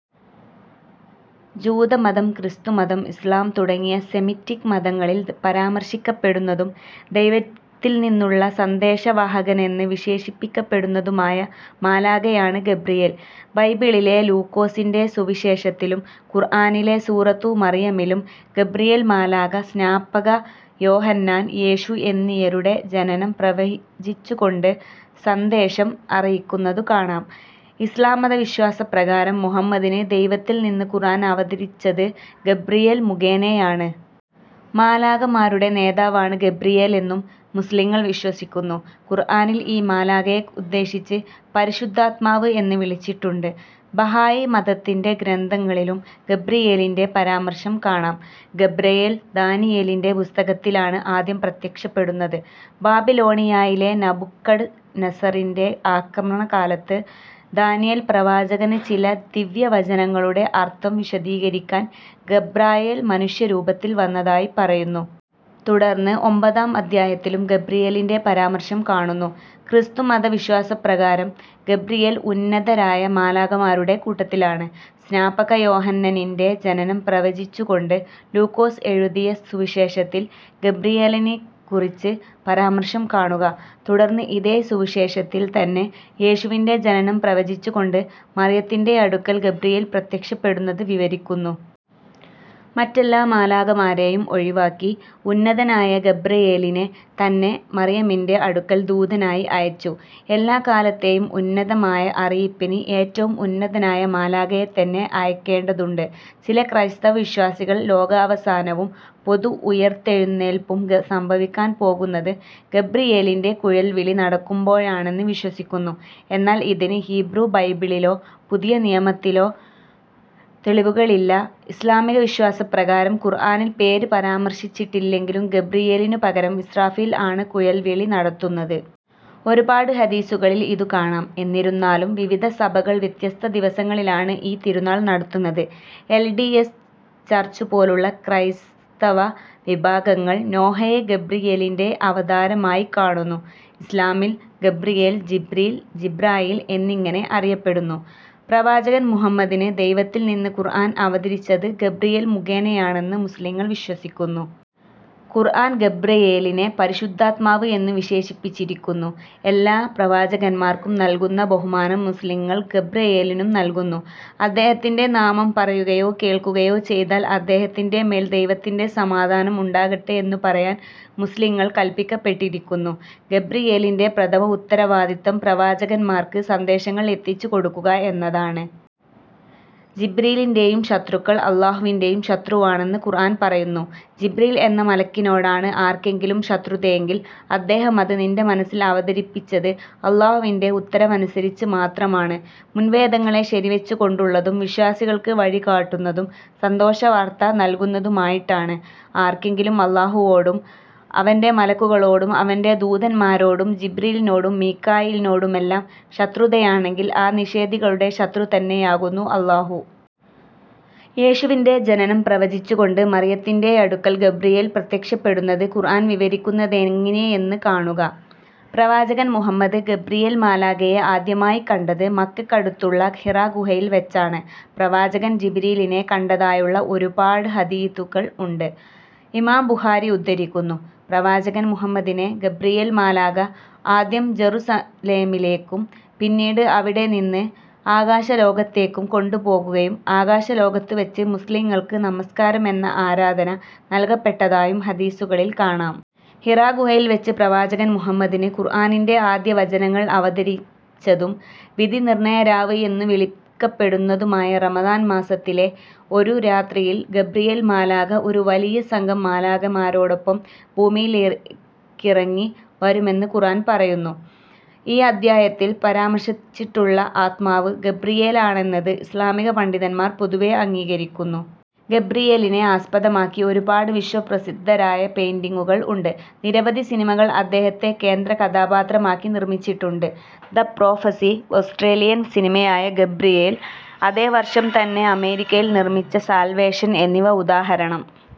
ജൂതമതം, ക്രിസ്തുമതം, ഇസ്ലാം തുടങ്ങിയ സെമിറ്റിക് മതങ്ങളിൽ പരാമർശിക്കപ്പെടുന്നതും ദൈവത്തിൽ നിന്നുള്ള സന്ദേശവാഹകനെന്ന് വിശേഷിപ്പിക്കപ്പെടുന്നതുമായ മാലാഖയാണ് ഗബ്രിയേൽ. ബൈബിളിലെ ലൂക്കോസിന്റെ സുവിശേഷത്തിലും ഖുർആനിലെ സൂറത്തു മർയമിലും ഗബ്രിയേൽ മാലാഖ സ്നാപക യോഹന്നാൻ, യേശു എന്നിയരുടെ ജനനം പ്രവചിച്ചുകോണ്ട് സന്ദേശം അറിയിക്കുന്നതു കാണാം. ഇസ്ലാം മത വിശ്വാസ പ്രകാരം മുഹമ്മദിന് ദൈവത്തിൽ നിന്ന് ഖുർആൻ അവതരിച്ചത് ഗബ്രിയേൽ മുഖേനയാണ്. മാലാഖമാരുടെ നേതാവാണ് ഗബ്രിയേലെന്നും മുസ്ലിംകൾ വിശ്വസിക്കുന്നു. ഖുർആനിൽ ഈ മാലാഖയെ ഉദ്ദേശിച്ച് ' പരിശുദ്ധാത്മാവ് ' എന്ന് വിളിച്ചിട്ടുണ്ട്. ബഹായി മതത്തിന്റെ ഗ്രന്ഥങ്ങളിലും ഗബ്രിയേലിന്റെ പരാമർശം കാണാം. ഗബ്രയേൽ ദാനിയേലിന്റെ പുസ്തകത്തിലാണ്ആദ്യം പ്രത്യക്ഷപ്പെടുന്നത്. ബാബിലോണിയായിലെ നബുക്കഡ്നസറിന്റെ ആകമണ കാലത്ത് ദാനിയേൽ പ്രവാചകന് ചില ദിവ്യവചനങ്ങളുടെ അർത്ഥം വിശദീകരിക്കൻ ഗബ്രായേൽ മനുഷ്യ രൂപത്തിൽ വന്നതായി പറയുന്നു. തുടർന്ന് ഒമ്പതാം അദ്ധ്യായത്തിലും ഗബ്രിയേലിന്റെ പരാമർശം കാണുന്നു. ക്രിസ്തുമത വിശ്വാസപ്രകാരം ഗബ്രയേൽ ഉന്നതരായ മാലാഖമാരുടെ കൂട്ടത്തിലാണ്. സ്നാപക യോഹന്നനിന്റെ ജനനം പ്രവചിച്ചുകൊണ്ട് ലൂക്കോസ് എഴുതിയ സുവിശേഷത്തിൽ ഗബ്രിയേലിനെക്കുറിച്ച പരാമർശം കാണുക: തുടർന്ന് ഇതേ സുവുശേഷത്തിൽ തന്നെ യേശുവിന്റെ ജനനം പ്രവചിച്ചുകൊണ്ട് മറിയത്തിന്റെയടുക്കൽ ഗബ്രിയേൽ പ്രത്യക്ഷപ്പെടുന്നത് വിവരിക്കുന്നു. മറ്റെല്ലാ മാലാഖമാരേയും ഒഴിവാക്കി ഉന്നതനായ ഗബ്രയേലിനെ തന്നെ മറിയമിന്റെ അടുക്കൽ ദൂതനായി അയച്ചു. എല്ലാ കാലത്തേയും ഉന്നതമായ അറിയിപ്പിന് ഏറ്റവും ഉന്നതനായ മാലാഖയെത്തന്നെ അയക്കേണ്ടതുണ്ട്. ചില ക്രൈസ്തവ വിശ്വാസികൾ ലോകാവസാനവും പൊതുഉയിർത്തെഴുന്നേൽപ്പും സംഭവിക്കാൻ പോകുന്നത് ഗബ്രിയേലിന്റെ കുഴൽവിളി നടക്കുമ്പോഴാണെന്ന് വിശ്വസിക്കുന്നു, എന്നാൽ ഇതിന് ഹീബ്രു ബൈബിളിലോ പുതിയനിയമത്തിലോ തെളിവുകളില്ല ഇസ്ലാമിക വിശ്വാസ പ്രകാരം, ഖുർആനിൽ പേര് പരാമർശിച്ചിട്ടില്ലെങ്കിലും, ഗബ്രിയേലിനു പകരം ഇസ്റാഫീൽ ആണ് കുഴൽ വിളി നടത്തുന്നത്. ഒരുപാട് ഹദീസുകളിൽ ഇതു കാണാം. എന്നിരുന്നാലും വിവിധ സഭകൾ വ്യത്യസ്ത്ഥ ദിവസങ്ങളിലാണ് ഈ തിരുനാൾ നടത്തുന്നത്. എൽ. ഡി. എസ്. ചർച്ചുപോലുള്ള ക്രൈസ്തവ വിഭാഗങ്ങൾ നോഹയെ ഗബ്രിയേലിന്റെ അവതാരമായിക്കാണുന്നു. ഇസ്ലാമിൽ ഗബ്രിയേൽ, ജിബ്രീൽ, ജിബ്രായീൽ എന്നിങ്ങനെ അറിയപ്പെടുന്നു. പ്രവാചകൻ മുഹമ്മദിന് ദൈവത്തിൽ നിന്ന് ഖുർആൻ അവതരിച്ചത് ഗബ്രിയേൽ മുഖേനയാണെന്ന് മുസ്ലിംകൾ വിശ്വസിക്കുന്നു. ഖുർആൻ ഗബ്രയേലിനെ പരിശുദ്ധാത്മാവ് എന്നു വിശേഷിപ്പിച്ചിരിക്കുന്നു. എല്ലാ പ്രവാചകന്മാർക്കും നൽകുന്ന ബഹുമാനം മുസ്ലിംങ്ങൾ ഗബ്രയേലിനും നൽകുന്നു. അദ്ദേഹത്തിന്റെ നാമം പറയുകയോ കേൾക്കുകയോ ചെയ്താൽ അദ്ദേഹത്തിന്റെ മേൽ ദൈവത്തിന്റെ സമാധാനം ഉണ്ടാകട്ടെ എന്നു പറയാൻ മുസ്ലിംങ്ങൾ കൽപിക്കപ്പെട്ടിരിക്കുന്നു. ഗബ്രിയേലിന്റെ പ്രഥമ ഉത്തരവാദിത്തം പ്രവാചകന്മാർക്ക് സന്ദേശങ്ങൾ എത്തിച്ചുകൊടുക്കുക എന്നതാണ്. ജിബ്രീലിന്റെയും ശത്രുക്കൾ അല്ലാഹുവിന്റേയും ശത്രുവാണെന്ന് ഖുർആൻ പറയുന്നു: ജിബ്രീൽ എന്ന മലക്കിനോടാണ് ആർക്കെങ്കിലും ശത്രുതയെങ്കിൽ അദ്ദേഹമത് നിന്റെ മനസ്സിൽ അവതരിപ്പിച്ചത് അല്ലാഹുവിന്റെ ഉത്തരവനുസരിച്ച് മാത്രമാണ്. മുൻവേദങ്ങളെ ശരിവെച്ചുകൊണ്ടുള്ളതും, വിശ്വാസികൾക്ക് വഴി കാട്ടുന്നതും, സന്തോഷവാർത്ത നൽകുന്നതുമായിട്ടാണ്. ആർക്കെങ്കിലും അല്ലാഹുവോടും അവന്റെ മലക്കുകളോടും അവന്റെ ദൂതൻമാരോടും ജിബ്രീലിനോടും മീകാഈലിനോടുമെല്ലാം ശത്രുതയാണെങ്കിൽ ആ നിഷേധികളുടെ ശത്രുതന്നെയാകുന്നു അല്ലാഹു. യേശുവിന്റെ ജനനം പ്രവചിച്ചുകൊണ്ട് മറിയത്തിന്റെയടുക്കൽ ഗബ്രിയേൽ പ്രത്യക്ഷപ്പെടുന്നത് ഖുർആൻ വിവരിക്കുന്നതെങ്ങിനെയെന്ന് കാണുക: പ്രവാചകൻ മുഹമ്മദ് ഗബ്രിയേൽ മാലാഖയെ ആദ്യമായി കണ്ടത് മക്കക്കടുത്തുള്ള ഹിറാഗുഹയിൽ വച്ചാണ്. പ്രവാചകൻ ജിബരീലിനെ കണ്ടതായുള്ള ഒരുപാട് ഹദീഥുകൾ ഉണ്ട്. ഇമാം ബുഖാരി ഉദ്ധരിക്കുന്നു: പ്രവാചകൻ മുഹമ്മദിനെ ഗബ്രിയേൽ മാലാഖ ആദ്യം ജറുസലേമിലേക്കും പിന്നീട് അവിടെനിന്ന് ആകാശലോകത്തേയ്ക്കും കൊണ്ടുപോവുകയും ആകശലോകത്തുവച്ച് മുസ്ലിംങ്ങൾക്ക് നമസ്കാരം എന്ന ആരധന നൽകപ്പെട്ടതായും ഹദീസുകളിൽ കാണാം. ഹിറാഗുഹയിൽ വച്ച് പ്രവാചകൻ മുഹമ്മദിന് ഖുർആനിന്റെ ആദ്യവചനങ്ങൾ അവതരിച്ചതും വിധിനിർണയ രാവ് എന്നു വിളിക്കപ്പെടുന്നതുമായ റമളാൻ മാസത്തിലെ ഒരു രാത്രിയിൽ ഗബ്രിയേൽ മാലാഖ ഒരു വലിയ സംഘം മാലാഖമാരോടൊപ്പം ഭൂമിയിലെക്കിറങ്ങി വരുമെന്ന് ഖുർആൻ പറയുന്നു: ഈ അദ്ധ്യായത്തിൽ പരാമർശിച്ചിട്ടുള്ള ആത്മാവ് ഗബ്രിയേലാണെന്നത് ഇസ്ലാമിക പണ്ഡിതന്മാർ പൊതുവെ അംഗീകരിക്കുന്നു. ഗബ്രിയേലിനെ ആസ്പദമാക്കി ഒരുപാട് വിശ്വപ്രസിദ്ധരായ പെയിന്റിങ്ങുകൾ ഉണ്ട്. നിരവധി സിനിമകൾ അദ്ദേഹത്തെ കേന്ദ്രകഥാപാത്രമാക്കി നിർമ്മിച്ചിട്ടുണ്ട്. ദ പ്രോഫസി, ഓസ്ട്രേലിയൻ സിനിമയായ ഗബ്രിയേൽ, അതേ വർഷം തന്നെ അമേരിക്കയിൽ നിർമ്മിച്ച സാൽവേഷൻ എന്നിവ ഉദാഹരണം.